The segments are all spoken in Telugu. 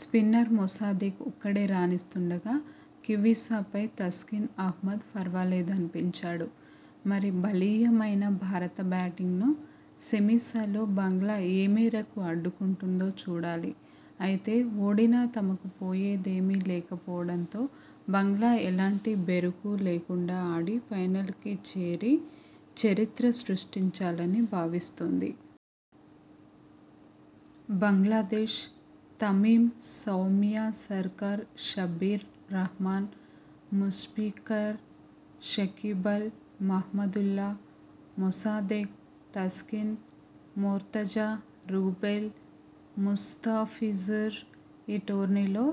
స్పిన్నర్ మొసాదెక్ ఒక్కడే రాణిస్తుండగా కివీ్సపై తస్కిన్ అహ్మద్ ఫర్వలేదనిపించాడు. మరి బలీయమైన భారత బ్యాటింగ్ను సెమీ్సలో బంగ్లా ఏ మేరకు అడ్డుకుంటుందో చూడాలి. అయితే, ఓడినా తమకు పోయేదేమీ లేకపోవడంతో బంగ్లా ఎలాంటి బెరుకూ లేకుండా ఆడి ఫైనల్ చేరి చరిత్ర సృష్టించాలని భావిస్తోంది. బంగ్లాదేశ్: తమీమ్, సౌమ్య సర్కార్, షబ్బీర్ రహ్మాన్, ముష్ఫికర్, షకీబల్, మహ్మదుల్లా, మొసాదెక్, తస్కిన్, మోర్తజా, రూబెల్, ముస్తాఫిజుర్. ఈ టోర్నీలో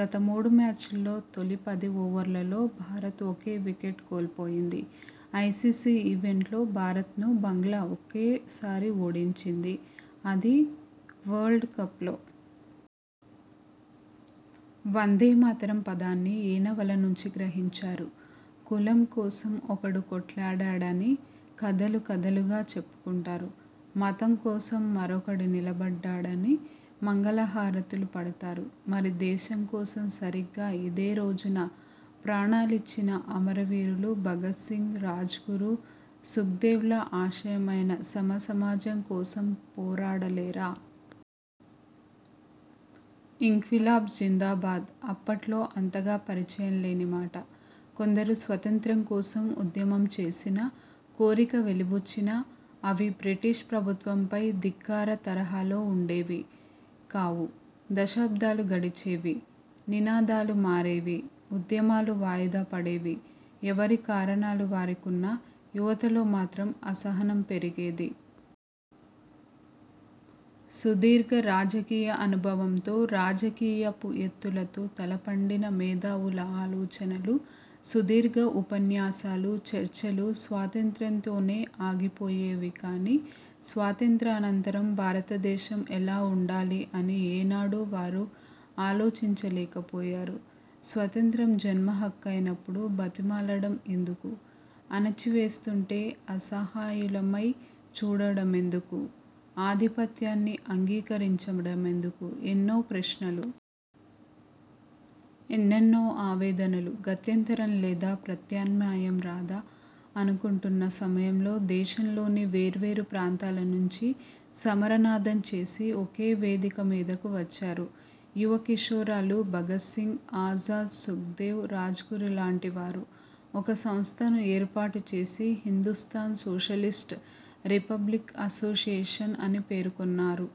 గత మూడు మ్యాచ్ల్లో తొలి పది ఓవర్లలో భారత్ ఒకే వికెట్ కోల్పోయింది. ఐసీసీ ఈవెంట్లలో భారత్ను బంగ్లా ఒకేసారి ఓడించింది. అది వరల్డ్ కప్లో. 'వందేమాతరం' పదాన్ని ఏ నవల నుంచి గ్రహించారు? కులం కోసం ఒకడు కొట్లాడాడని కథలు కథలుగా చెప్పుకుంటారు. మతం కోసం మరొకడు నిలబడ్డాడని మంగళహారతులు పడతారు. మరి దేశం కోసం సరిగ్గా ఇదే రోజున ప్రాణాలిచ్చిన అమర వీరులు భగత్సింగ్, రాజ్గురు, సుఖ్దేవ్ల ఆశయమైన సమసమాజం కోసం పోరాడలేరా? ఇంక్విలాబ్ జిందాబాద్. అప్పట్లో అంతగా పరిచయం లేని మాట. కొందరు స్వతంత్రం కోసం ఉద్యమం చేసినా, కోరిక వెలిబుచ్చినా, అవి బ్రిటిష్ ప్రభుత్వంపై ధిక్కార తరహాలో ఉండేవి కావు. దశాబ్దాలు గడిచేవి. నినాదాలు మారేవి. ఉద్యమాలు వాయిదా పడేవి. ఎవరి కారణాలు వారికున్నా, యువతలో మాత్రం అసహనం పెరిగేది. సుదీర్ఘ రాజకీయ అనుభవంతో రాజకీయపు ఎత్తులతో తలపండిన మేధావుల ఆలోచనలు, సుదీర్ఘ ఉపన్యాసాలు, చర్చలు, స్వాతంత్ర్యంతోనే ఆగిపోయేవి కాని స్వాతంత్ర్యానంతరం భారతదేశం ఎలా ఉండాలి అని ఏనాడూ వారు ఆలోచించలేకపోయారు. స్వతంత్రం జన్మహక్కైనప్పుడు బ్రతిమాలడం ఎందుకు? అణచివేస్తుంటే అసహాయులమై చూడడమెందుకు? ఆధిపత్యాన్ని అంగీకరించడమెందుకు? ఎన్నో ప్రశ్నలు. ఎన్నెన్నో ఆవేదనలు. గత్యంతరం లేదా? ప్రత్యామ్నాయం రాదా? అనుకుంటున్న సమయంలో దేశంలోని వేర్వేరు ప్రాంతాల నుంచి సమరనాదం చేసి ఒకే వేదిక మీదకు వచ్చారు యువకిశోరాలు భగత్సింగ్, ఆజాద్, సుఖ్దేవ్, రాజ్గురు లాంటి వారు. ఒక సంస్థను ఏర్పాటు చేసి హిందుస్థాన్ సోషలిస్ట్ రిపబ్లిక్ అసోసియేషన్ అని పేర్కొన్నారు.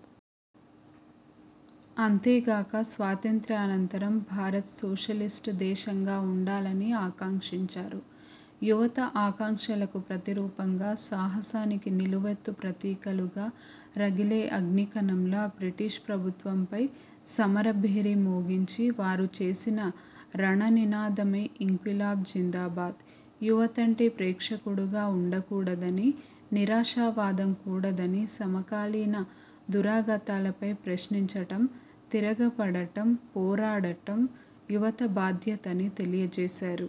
అంతేగాక స్వాతంత్య్రానంతరం భారత్ సోషలిస్ట్ దేశంగా ఉండాలని ఆకాంక్షించారు. యువత ఆకాంక్షలకు ప్రతిరూపంగా సాహసానికి నిలువెత్తు ప్రతీకలుగా రగిలే అగ్నికణంలా బ్రిటిష్ ప్రభుత్వంపై సమరభేరి మోగించి వారు చేసిన రణ నినాదమే ఇంక్విలాబ్ జిందాబాద్. యువతంటే ప్రేక్షకుడుగా ఉండకూడదని, నిరాశావాదం కూడదని, సమకాలీన దురాగతాలపై ప్రశ్నించటం, తిరగబడటం, పోరాడటం యువత బాధ్యతని తెలియజేసారు.